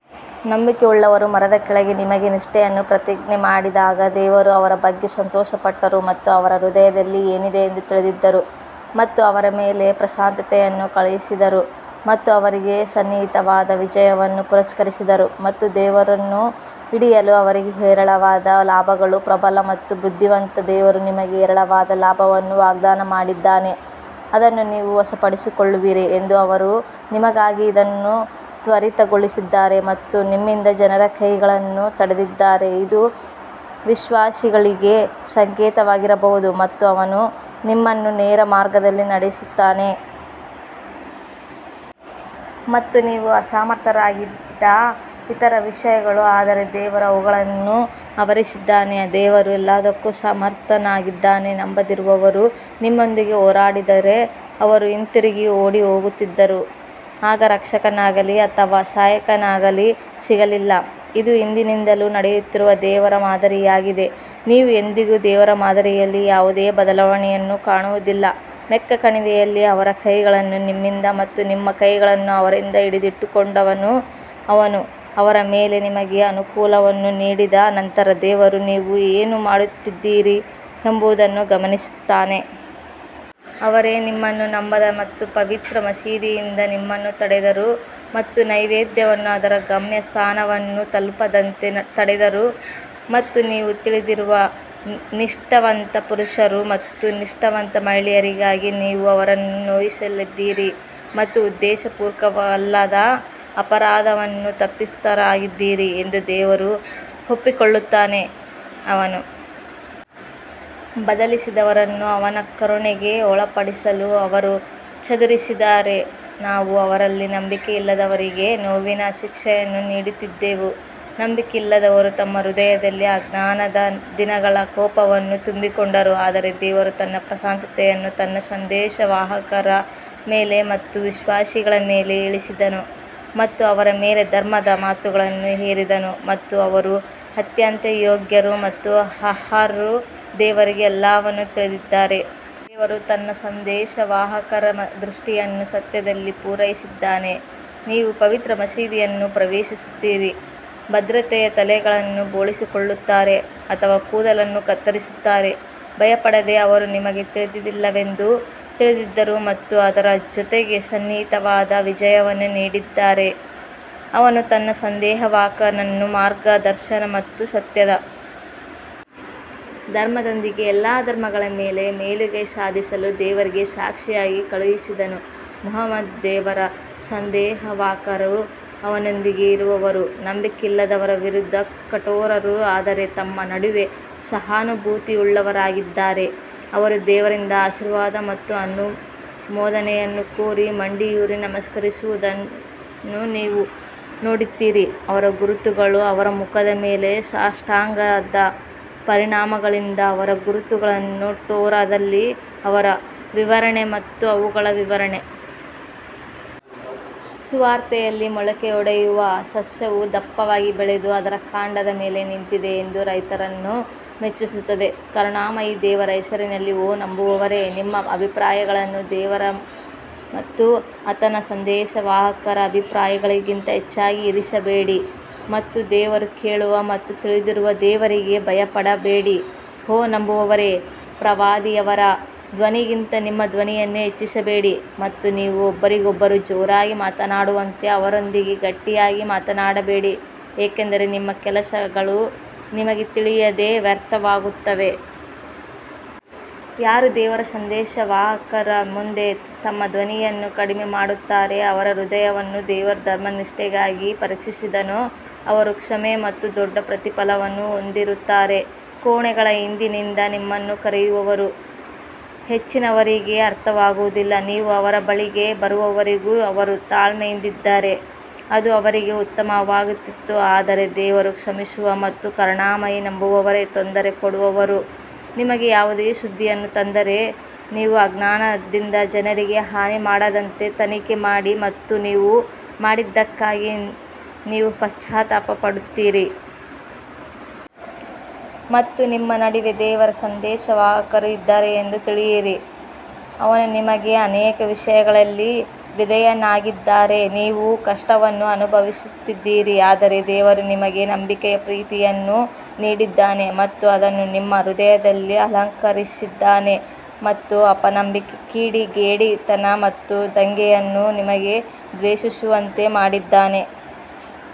ನಂಬಿಕೆಯುಳ್ಳವರು ಮರದ ಕೆಳಗೆ ನಿಮಗೆ ನಿಷ್ಠೆಯನ್ನು ಪ್ರತಿಜ್ಞೆ ಮಾಡಿದಾಗ ದೇವರು ಅವರ ಬಗ್ಗೆ ಸಂತೋಷಪಟ್ಟರು ಮತ್ತು ಅವರ ಹೃದಯದಲ್ಲಿ ಏನಿದೆ ಎಂದು ತಿಳಿದಿದ್ದರು ಮತ್ತು ಅವರ ಮೇಲೆ ಪ್ರಶಾಂತತೆಯನ್ನು ಕಳುಹಿಸಿದರು ಮತ್ತು ಅವರಿಗೆ ಸನ್ನಿಹಿತವಾದ ವಿಜಯವನ್ನು ಪುರಸ್ಕರಿಸಿದರು ಮತ್ತು ದೇವರನ್ನು ಹಿಡಿಯಲು ಅವರಿಗೆ ಹೇರಳವಾದ ಲಾಭಗಳು ಪ್ರಬಲ ಮತ್ತು ಬುದ್ಧಿವಂತ ದೇವರು ನಿಮಗೆ ಹೇರಳವಾದ ಲಾಭವನ್ನು ವಾಗ್ದಾನ ಮಾಡಿದ್ದಾನೆ, ಅದನ್ನು ನೀವು ವಶಪಡಿಸಿಕೊಳ್ಳುವಿರಿ ಎಂದು ಅವರು ನಿಮಗಾಗಿ ಇದನ್ನು ತ್ವರಿತಗೊಳಿಸಿದ್ದಾರೆ ಮತ್ತು ನಿಮ್ಮಿಂದ ಜನರ ಕೈಗಳನ್ನು ತಡೆದಿದ್ದಾರೆ, ಇದು ವಿಶ್ವಾಸಿಗಳಿಗೆ ಸಂಕೇತವಾಗಿರಬಹುದು ಮತ್ತು ಅವನು ನಿಮ್ಮನ್ನು ನೇರ ಮಾರ್ಗದಲ್ಲಿ ನಡೆಸುತ್ತಾನೆ. ಮತ್ತು ನೀವು ಅಸಮರ್ಥರಾಗಿದ್ದ ಇತರ ವಿಷಯಗಳು ಆದರೆ ದೇವರು ಅವುಗಳನ್ನು ಆವರಿಸಿದ್ದಾನೆ ದೇವರು ಎಲ್ಲದಕ್ಕೂ ಸಮರ್ಥನಾಗಿದ್ದಾನೆ ನಂಬದಿರುವವರು ನಿಮ್ಮೊಂದಿಗೆ ಹೋರಾಡಿದ್ದರೆ ಅವರು ಹಿಂತಿರುಗಿ ಓಡಿಹೋಗುತ್ತಿದ್ದರು, ಆಗ ರಕ್ಷಕನಾಗಲಿ ಅಥವಾ ಸಹಾಯಕನಾಗಲಿ ಸಿಗಲಿಲ್ಲ. ಇದು ಹಿಂದಿನಿಂದಲೂ ನಡೆಯುತ್ತಿರುವ ದೇವರ ಮಾದರಿಯಾಗಿದೆ, ನೀವು ಎಂದಿಗೂ ದೇವರ ಮಾದರಿಯಲ್ಲಿ ಯಾವುದೇ ಬದಲಾವಣೆಯನ್ನು ಕಾಣುವುದಿಲ್ಲ ಮೆಕ್ಕಾ ಕಣಿವೆಯಲ್ಲಿ ಅವರ ಕೈಗಳನ್ನು ನಿಮ್ಮಿಂದ ಮತ್ತು ನಿಮ್ಮ ಕೈಗಳನ್ನು ಅವರಿಂದ ಹಿಡಿದಿಟ್ಟುಕೊಂಡವನು ಅವನು ಅವರ ಮೇಲೆ ನಿಮಗೆ ಅನುಕೂಲವನ್ನು ನೀಡಿದ ನಂತರ ದೇವರು ನೀವು ಏನು ಮಾಡುತ್ತಿದ್ದೀರಿ ಎಂಬುದನ್ನು ಗಮನಿಸುತ್ತಾನೆ. ಅವರೇ ನಿಮ್ಮನ್ನು ನಂಬದ ಮತ್ತು ಪವಿತ್ರ ಮಸೀದಿಯಿಂದ ನಿಮ್ಮನ್ನು ತಡೆದರು ಮತ್ತು ನೈವೇದ್ಯವನ್ನು ಅದರ ಗಮ್ಯಸ್ಥಾನವನ್ನು ತಲುಪದಂತೆ ತಡೆದರು ಮತ್ತು ನೀವು ತಿಳಿದಿರದ ನಿಷ್ಠಾವಂತ ಪುರುಷರು ಮತ್ತು ನಿಷ್ಠಾವಂತ ಮಹಿಳೆಯರಿಗಾಗಿ ನೀವು ಅವರನ್ನು ನೋಯಿಸಲಿದ್ದೀರಿ ಮತ್ತು ಉದ್ದೇಶಪೂರ್ವಕವಲ್ಲದ ಅಪರಾಧವನ್ನು ತಪ್ಪಿತಸ್ಥರಾಗಿದ್ದೀರಿ ಎಂದು ದೇವರು ಒಪ್ಪಿಕೊಳ್ಳುತ್ತಾನೆ. ಅವನು ಬಯಸಿದವರನ್ನು ಅವನ ಕರುಣೆಗೆ ಒಳಪಡಿಸಲು ಅವರು ಚದುರಿಸಿದರೆ ನಾವು ಅವರಲ್ಲಿ ನಂಬಿಕೆಯಿಲ್ಲದವರಿಗೆ ನೋವಿನ ಶಿಕ್ಷೆಯನ್ನು ನೀಡುತ್ತಿದ್ದೆವು ನಂಬಿಕೆಯಿಲ್ಲದವರು ತಮ್ಮ ಹೃದಯದಲ್ಲಿ ಅಜ್ಞಾನದ ದಿನಗಳ ಕೋಪವನ್ನು ತುಂಬಿಕೊಂಡರು ಆದರೆ ದೇವರು ತನ್ನ ಪ್ರಶಾಂತತೆಯನ್ನು ತನ್ನ ಸಂದೇಶವಾಹಕರ ಮೇಲೆ ಮತ್ತು ವಿಶ್ವಾಸಿಗಳ ಮೇಲೆ ಇಳಿಸಿದನು ಮತ್ತು ಅವರ ಮೇಲೆ ಧರ್ಮದ ಮಾತುಗಳನ್ನು ಹೇರಿದನು ಮತ್ತು ಅವರು ಅತ್ಯಂತ ಯೋಗ್ಯರು ಮತ್ತು ಅರ್ಹರು ದೇವರಿಗೆ ಎಲ್ಲವನ್ನೂ ತಿಳಿದಿದ್ದಾರೆ. ದೇವರು ತನ್ನ ಸಂದೇಶವಾಹಕರ ದೃಷ್ಟಿಯನ್ನು ಸತ್ಯದಲ್ಲಿ ಪೂರೈಸಿದ್ದಾನೆ, ನೀವು ಪವಿತ್ರ ಮಸೀದಿಯನ್ನು ಪ್ರವೇಶಿಸುತ್ತೀರಿ, ಭದ್ರತೆಯ ತಲೆಗಳನ್ನು ಬೋಳಿಸಿಕೊಳ್ಳುತ್ತಾರೆ ಅಥವಾ ಕೂದಲನ್ನು ಕತ್ತರಿಸುತ್ತಾರೆ, ಭಯಪಡದೆ ಅವರು ನಿಮಗೆ ತಿಳಿದಿಲ್ಲವೆಂದು ತಿಳಿದಿದ್ದರು ಮತ್ತು ಅದರ ಜೊತೆಗೆ ಸನ್ನಿಹಿತವಾದ ವಿಜಯವನ್ನು ನೀಡಿದ್ದಾರೆ. ಅವನು ತನ್ನ ಸಂದೇಶವಾಹಕನನ್ನು ಮಾರ್ಗದರ್ಶನ ಮತ್ತು ಸತ್ಯದ ಧರ್ಮದೊಂದಿಗೆ ಎಲ್ಲಾ ಧರ್ಮಗಳ ಮೇಲೆ ಮೇಲುಗೈ ಸಾಧಿಸಲು ದೇವರಿಗೆ ಸಾಕ್ಷಿಯಾಗಿ ಕಳುಹಿಸಿದನು ಮುಹಮ್ಮದ್ ದೇವರ ಸಂದೇಶವಾಹಕರು ಅವನೊಂದಿಗೆ ಇರುವವರು ನಂಬಿಕೆಯಿಲ್ಲದವರ ವಿರುದ್ಧ ಕಠೋರರು ಆದರೆ ತಮ್ಮ ನಡುವೆ ಸಹಾನುಭೂತಿಯುಳ್ಳವರಾಗಿದ್ದಾರೆ, ಅವರು ದೇವರಿಂದ ಆಶೀರ್ವಾದ ಮತ್ತು ಅನುಮೋದನೆಯನ್ನು ಕೋರಿ ಮಂಡಿಯೂರಿ ನಮಸ್ಕರಿಸುವುದನ್ನು ನೀವು ನೋಡುತ್ತೀರಿ, ಅವರ ಗುರುತುಗಳು ಅವರ ಮುಖದ ಮೇಲೆ ಸಾಷ್ಟಾಂಗದ ಪರಿಣಾಮಗಳಿಂದ ಅವರ ಗುರುತುಗಳು ಟೋರಾದಲ್ಲಿ ಅವರ ವಿವರಣೆ ಮತ್ತು ಅವುಗಳ ವಿವರಣೆ. ಸುವಾರ್ತೆಯಲ್ಲಿ ಮೊಳಕೆಯೊಡೆಯುವ ಸಸ್ಯವು ದಪ್ಪವಾಗಿ ಬೆಳೆದು ಅದರ ಕಾಂಡದ ಮೇಲೆ ನಿಂತಿದೆ ಎಂದು ರೈತರನ್ನು ಮೆಚ್ಚಿಸುತ್ತದೆ ಕರುಣಾಮಯಿ ದೇವರ ಹೆಸರಿನಲ್ಲಿ ಓ ನಂಬುವವರೇ, ನಿಮ್ಮ ಅಭಿಪ್ರಾಯಗಳನ್ನು ದೇವರು ಮತ್ತು ಆತನ ಸಂದೇಶವಾಹಕರ ಅಭಿಪ್ರಾಯಗಳಿಗಿಂತ ಹೆಚ್ಚಾಗಿ ಇರಿಸಬೇಡಿ ಮತ್ತು ದೇವರು ಕೇಳುವ ಮತ್ತು ತಿಳಿದಿರುವ ದೇವರಿಗೆ ಭಯಪಡಬೇಡಿ ಓ ನಂಬುವವರೇ, ಪ್ರವಾದಿಯವರ ಧ್ವನಿಗಿಂತ ನಿಮ್ಮ ಧ್ವನಿಯನ್ನು ಹೆಚ್ಚಿಸಬೇಡಿ ಮತ್ತು ನೀವು ಒಬ್ಬರಿಗೊಬ್ಬರು ಜೋರಾಗಿ ಮಾತನಾಡುವಂತೆ ಅವರೊಂದಿಗೆ ಗಟ್ಟಿಯಾಗಿ ಮಾತನಾಡಬೇಡಿ ಏಕೆಂದರೆ ನಿಮ್ಮ ಕೆಲಸಗಳು ನಿಮಗೆ ತಿಳಿಯದೆ ವ್ಯರ್ಥವಾಗುತ್ತವೆ. ಯಾರು ದೇವರ ಸಂದೇಶವಾಹಕರ ಮುಂದೆ ತಮ್ಮ ಧ್ವನಿಯನ್ನು ಕಡಿಮೆ ಮಾಡುತ್ತಾರೆ ಅವರ ಹೃದಯವನ್ನು ದೇವರು ಧರ್ಮನಿಷ್ಠೆಗಾಗಿ ಪರೀಕ್ಷಿಸಿದನೋ ಅವರು ಕ್ಷಮೆ ಮತ್ತು ದೊಡ್ಡ ಪ್ರತಿಫಲವನ್ನು ಹೊಂದಿರುತ್ತಾರೆ ಕೋಣೆಗಳ ಹಿಂದಿನಿಂದ ನಿಮ್ಮನ್ನು ಕರೆಯುವವರು ಹೆಚ್ಚಿನವರಿಗೆ ಅರ್ಥವಾಗುವುದಿಲ್ಲ ನೀವು ಅವರ ಬಳಿಗೆ ಬರುವವರೆಗೂ ಅವರು ತಾಳ್ಮೆಯಿಂದಿದ್ದರೆ ಅದು ಅವರಿಗೆ ಉತ್ತಮವಾಗುತ್ತಿತ್ತು ಆದರೆ ದೇವರು ಕ್ಷಮಿಸುವ ಮತ್ತು ಕರುಣಾಮಯಿ ನಂಬುವವರೇ, ತೊಂದರೆ ಕೊಡುವವರು ನಿಮಗೆ ಯಾವುದೇ ಸುದ್ದಿಯನ್ನು ತಂದರೆ ನೀವು ಅಜ್ಞಾನದಿಂದ ಜನರಿಗೆ ಹಾನಿ ಮಾಡದಂತೆ ತನಿಖೆ ಮಾಡಿ ಮತ್ತು ನೀವು ಮಾಡಿದ್ದಕ್ಕಾಗಿ ನೀವು ಪಶ್ಚಾತ್ತಾಪ ಪಡುತ್ತೀರಿ. ಮತ್ತು ನಿಮ್ಮ ನಡುವೆ ದೇವರ ಸಂದೇಶವಾಹಕರು ಇದ್ದಾರೆ ಎಂದು ತಿಳಿಯಿರಿ, ಅವನು ನಿಮಗೆ ಅನೇಕ ವಿಷಯಗಳಲ್ಲಿ ವಿಧೇಯನಾಗಿದ್ದರೆ ನೀವು ಕಷ್ಟವನ್ನು ಅನುಭವಿಸುತ್ತಿದ್ದಿರಿ ಆದರೆ ದೇವರು ನಿಮಗೆ ನಂಬಿಕೆಯ ಪ್ರೀತಿಯನ್ನು ನೀಡಿದ್ದಾನೆ ಮತ್ತು ಅದನ್ನು ನಿಮ್ಮ ಹೃದಯದಲ್ಲಿ ಅಲಂಕರಿಸಿದ್ದಾನೆ ಮತ್ತು ಅಪನಂಬಿಕೆ ಕಿಡಿಗೇಡಿತನ ಮತ್ತು ದಂಗೆಯನ್ನು ನಿಮಗೆ ದ್ವೇಷಿಸುವಂತೆ ಮಾಡಿದ್ದಾನೆ.